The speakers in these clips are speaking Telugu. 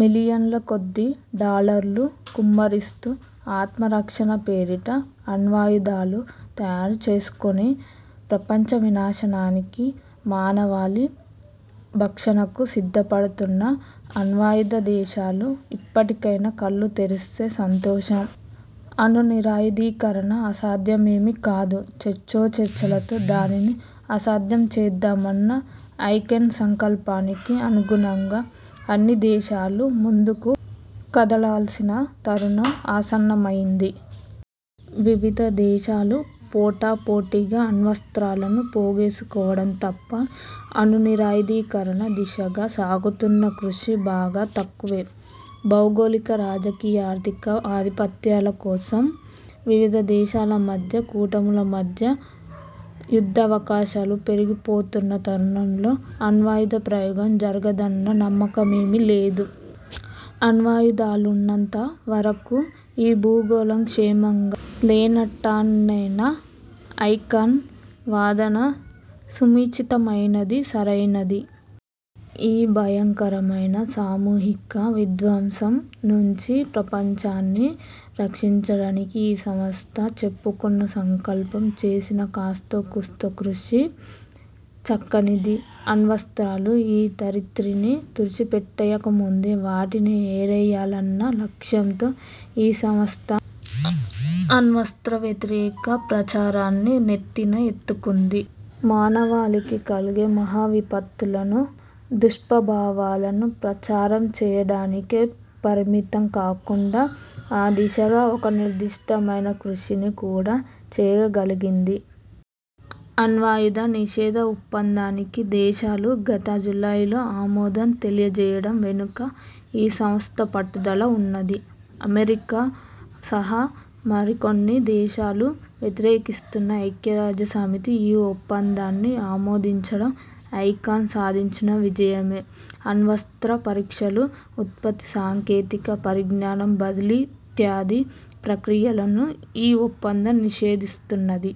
బిలియన్ల కొద్దీ డాలర్లు కుమ్మరిస్తూ ఆత్మరక్షణ పేరిట అణ్వాయుధాలు తయారుచేసుకుని, ప్రపంచ వినాశనానికీ, మానవాళి భక్షణకూ సిద్ధపడుతున్న అణ్వాయుధ దేశాలు ఇప్పటికైనా కళ్లు తెరిస్తే సంతోషం. అణునిరాయుధీకరణ అసాధ్యమేమీ కాదు, చర్చోచర్చలతో దానిని సుసాధ్యం చేద్దామన్న ఐ కెన్ సంకల్పానికి అనుగుణంగా అన్ని దేశాలూ ముందుకు కదలాల్సిన తరుణం ఆసన్నమైంది. వివిధ దేశాలు పోటాపోటీగా అణ్వస్త్రాలను పోగేసుకోవడం తప్ప, అణునిరాయుధీకరణ దిశగా సాగుతున్న కృషి బాగా తక్కువే. భౌగోళిక, రాజకీయార్థిక ఆధిపత్యాల కోసం వివిధ దేశాల మధ్య, కూటముల మధ్య యుద్ధావకాశాలు పెరిగిపోతున్న తరుణంలో అణ్వాయుధ ప్రయోగం జరగదన్న నమ్మకమేమీ లేదు. అణ్వాయుధాలున్నంత వరకూ ఈ భూగోళం క్షేమంగా లేనట్టేనన్న ఐ కెన్ వాదన సముచితమైనది, సరైనది. ఈ భయంకరమైన, సామూహిక విధ్వంసం నుంచి ప్రపంచాన్ని రక్షించడానికి ఈ సంస్థ చెప్పుకున్న సంకల్పం, చేసిన కాస్తోకూస్తో కృషి చక్కనిది. అణ్వస్త్రాలు ఈ ధరిత్రిని తుడిచిపెట్టేయకముందే, వాటినే ఏరేయాలన్న లక్ష్యంతో ఈ సంస్థ అణ్వస్త్రవ్యతిరేక ప్రచారాన్ని నెత్తిన ఎత్తుకుంది. మానవాళికి కలిగే మహావిపత్తును, దుష్ప్రభావాలను ప్రచారం చేయడానికే పరిమితం కాకుండా ఆ దిశగా ఒక నిర్దిష్టమైన కృషిని కూడా చేయగలిగింది. అణ్వాయుధ నిషేధ ఒప్పందానికి దేశాలు గత జూలైలో ఆమోదం తెలియచేయడం వెనుక ఈ సంస్థ పట్టుదల ఉన్నది. అమెరికా సహా మరికొన్ని దేశాలు వ్యతిరేకిస్తున్నా ఐక్యరాజ్యసమితి ఈ ఒప్పందాన్ని ఆమోదించడం ఐకెన్ సాధించిన విజయమే. అణ్వస్త్ర పరీక్షలు, ఉత్పత్తి, సాంకేతిక పరిజ్ఞానం బదిలీ ఇత్యాది ప్రక్రియలను ఈ ఒప్పందం నిషేధిస్తున్నది.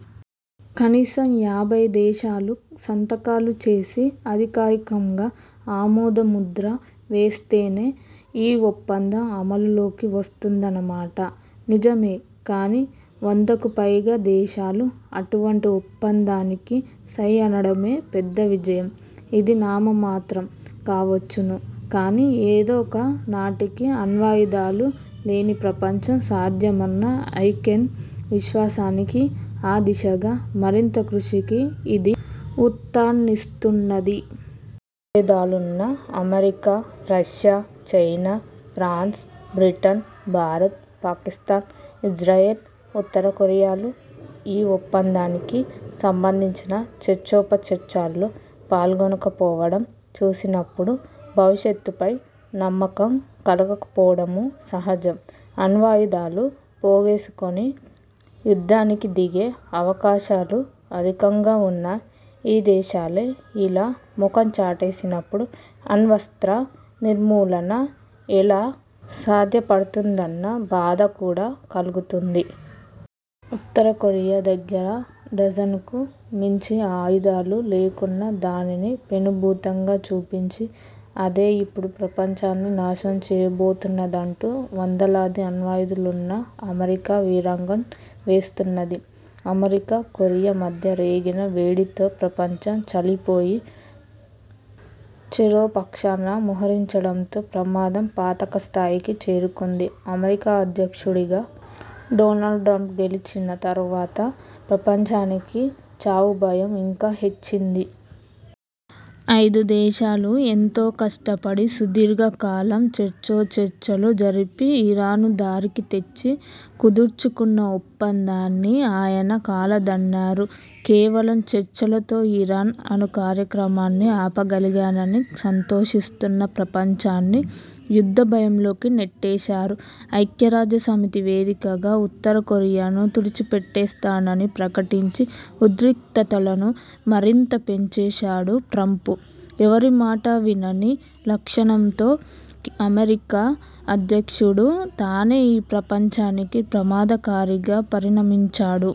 కనీసం యాభై దేశాలు సంతకాలు చేసి, అధికారికంగా ఆమోదముద్ర వేస్తేనే ఈ ఒప్పందం అమలులోకి వస్తుందన్నమాట నిజమే కానీ, వందకుపైగా దేశాలు అటువంటి ఒప్పందానికి సై అనడమే పెద్ద విజయం. ఇది నామమాత్రం కావచ్చును కానీ, ఏదో ఒక నాటికి అణ్వాయుధాలు లేని ప్రపంచం సాధ్యమన్న ఐ కెన్ విశ్వాసానికీ, ఆ దిశగా మరింత కృషికీ ఇది ఊతాన్నిస్తున్నది. అణ్వాయుధాలున్న America, Russia, China, France, Britain, Bharat, Pakistan, Israel, ఉత్తరకొరియాలు ఈ ఒప్పందానికి సంబంధించిన చర్చోపచర్చల్లో పాల్గొనకపోవడం చూసినప్పుడు భవిష్యత్తుపై నమ్మకం కలగకపోవడమూ సహజం. అణ్వాయుధాలు పోగేసుకొని, యుద్ధానికి దిగే అవకాశాలు అధికంగా ఉన్న ఈ దేశాలే ఇలా మొఖం చాటేసినప్పుడు అణ్వస్త్ర నిర్మూలన ఎలా సాధ్యపడుతుందన్న బాధ కూడా కలుగుతుంది. ఉత్తరకొరియా దగ్గర డజనుకు మించి ఆయుధాలు లేకున్నా దానిని పెనుభూతంగా చూపించి, అదే ఇప్పుడు ప్రపంచాన్ని నాశనం చేయబోతున్నదంటూ వందలాది అణ్వాయుధాలున్న అమెరికా వీరంగం వేస్తున్నది. అమెరికా, కొరియా మధ్య రేగిన వేడితో ప్రపంచం చీలిపోయి చెరోపక్షాన మోహరించడంతో ప్రమాదం పతాకస్థాయికి చేరుకుంది. అమెరికా అధ్యక్షుడిగా డొనాల్డ్ట్రంప్ గెలిచిన తరువాత ప్రపంచానికి చావుభయం ఇంకా హెచ్చింది. ఐదుదేశాలు ఎంతో కష్టపడి, సుదీర్ఘకాలం చర్చోచర్చలు జరిపి ఇరాన్ను దారికితెచ్చి కుదర్చుకున్న ఒప్పందాన్ని ఆయన కాలదన్నారు. కేవలం చర్చలతో ఇరాన్ అణుకార్యక్రమాన్ని ఆపగలిగానని సంతోషిస్తున్న ప్రపంచాన్ని యుద్ధభయంలోకి నెట్టేశారు. ఐక్యరాజ్యసమితి వేదికగా ఉత్తరకొరియాను తుడిచిపెట్టేస్తానని ప్రకటించి ఉద్రిక్తతలను మరింత పెంచేశాడు ట్రంప్. ఎవరిమాటా వినని లక్షణంతో అమెరికా అధ్యక్షుడు తానే ఈ ప్రపంచానికి ప్రమాదకారిగా పరిణమించాడు.